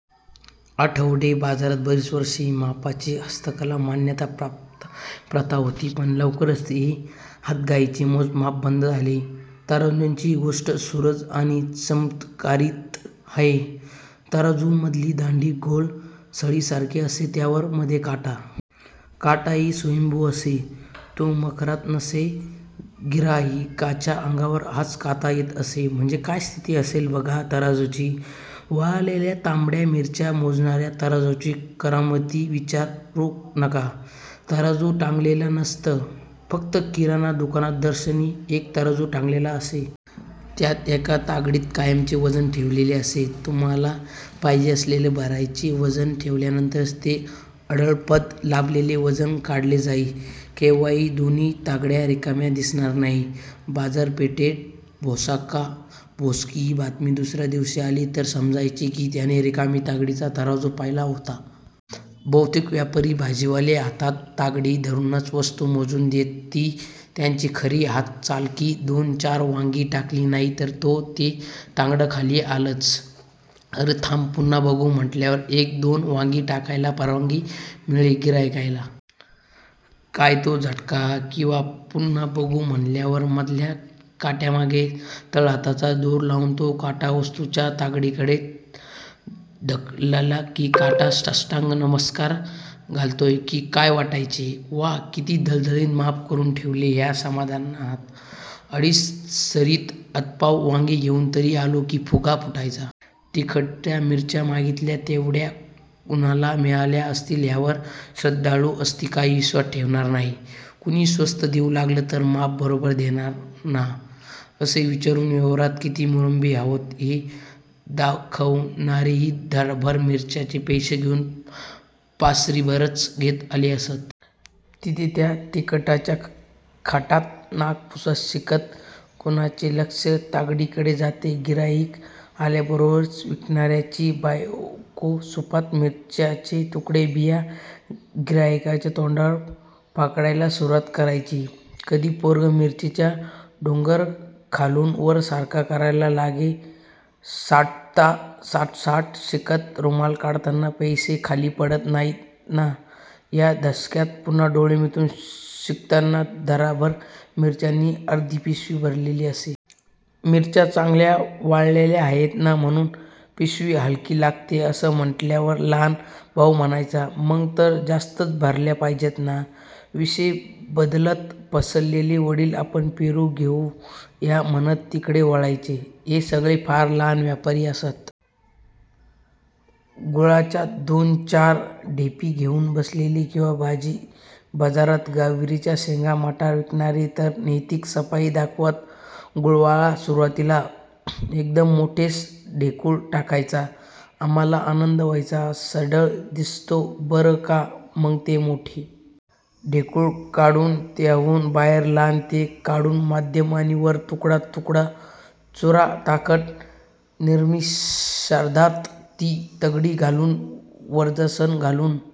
आठवडे बाजारात बरीच वर्षे ही मापाची 'हस्तकला' मान्यता प्राप्त प्रथा होती. पण लवकरच हे हातघाईचे मोजमाप बंद झाले. तराजूंचीही गोष्ट सुरस आणि चमत्कारिक आहे. तराजूची मधली दांडी गोल सळईसारखी असे. त्यावर मध्ये काटा. काटाही स्वयंभू असे. तो मखरात नसे. गिऱ्हाईकाच्या अंगावर हाच काटा येत असे. म्हणजे काय स्थिती असेल बघा तराजूची! वाळलेल्या तांबड्या मिरच्या मोजणाऱ्या तराजूंच्या करामती विचारू नका. तराजू टांगलेले नसत. फक्त किराणा दुकानात दर्शनी एक तराजू टांगलेला असे. त्यात एका तागडीत कायमचे वजन ठेवलेले असे. तुम्हाला पाहिजे असलेल्या भराचे वजन ठेवल्यानंतरच ते अढळपद लाभलेले वजन काढले जाई. केव्हाही दोन्ही तागड्या रिकाम्या दिसणार नाहीत. "बाजारपेठेत भोसकाऽऽ भोसकी" ही बातमी दुसऱ्या दिवशी आली तर समजायचे की त्याने रिकामी तागडीचा तराजू पाहिला होता! बहुतेक व्यापारी, भाजीवाले हातात तागडी धरूनच वस्तू मोजून देत. ती त्यांची खरी हात चलाखी. दोन चार वांगी टाकली नाहीत तोवर ते तागडं खाली आलंच. अरे थांब पुन्हा बघू म्हटल्याव एक दोन वांगी टाकायला परवानगी मिळे गिऱ्हाईकाला. काय तो झटका किंवा पुन्हा बघू म्हणल्यावर मधल्या काट्यामागे तळहाताचा जोर लावून तो काटा वस्तुच्या तागडीकडे ढकलला की काटा साष्टांग नमस्कार घालतोय की काय वाटायचे. वा! किती ढळढळीत माप करून घेतले ह्या समाधानात अडीसरीत अदपाव वांगी घेऊन घरी आलो की फुगा फुटायचा. तिखटाच्या मिरच्या मागितल्या तेव्हढ्या कुणाला मिळाल्या असतील ह्यावर श्रद्धाळू आस्तिकही विश्वास ठेवणार नाही. कुणी स्वस्त देऊ लागला तर " माप बरोबर देणार ना? " असे विचारून व्यवहारात किती मुरब्बी आहोत हे दाखवणारेही धडाभर मिरच्याचे पैसे देऊन पासरीभरच घेत आले आहेत! तिथे त्या तिखटाच्या खाटांत, नाक पुसत, शिंकत कुणाचे लक्ष तागडीकडे जातेय! गिऱ्हाईक आल्याबरोबरच विकणाऱ्याची बायको सुपात मिर्च्यांचे तुकडे बिया गिऱ्हाईकाच्या तोंडावर पाखडायला सुरुवात करायची. कधी पोरगं मिरच्याचा डोंगर खालून वर सारखा करायला लागे, साट्साट् शिंकत, रुमाल काढतांना पैशे खाली पडत नाहीत ना ह्या धसक्यात पुन्हा डोळे मिटून शिंकताना धडाभर मिरच्यांनी अर्धीपिशवी भरलेली असे. मिरच्या चांगल्या वाळलेल्या आहेत. ना, म्हणून पिशवी हलकी लागते असं म्हटल्यावर लहान भाऊ म्हणायचा, "मग तर जास्तच भरल्या पाहिजेत ना? " विषय बदलत, फसलेले वडील आपण पेरू घेऊ या म्हणत तिकडे वळायचे. हे सगळे फार लहान व्यापारी असत. गुळाच्या दोन चार ढेपी घेऊन बसलेले किंवा भाजी बाजारात गवारीच्या शेंगा, मटार विकणारे तर नैतिक सफाई दाखवत. गुळवाला सुरुवातीला एकदम मोठेच ढेकूळ टाकायचा. आम्हाला आनंद व्हायचा. हा सढळ दिसतो बरं का. मग ते मोठ्ठे ढेकूळ काढून त्याहून बरेच लहान, ते काढून मध्यम आणि वर तुकडा तुकडा, चुरा टाकत निमिषार्धात ती तागडी खाली वज्रासन घालून,--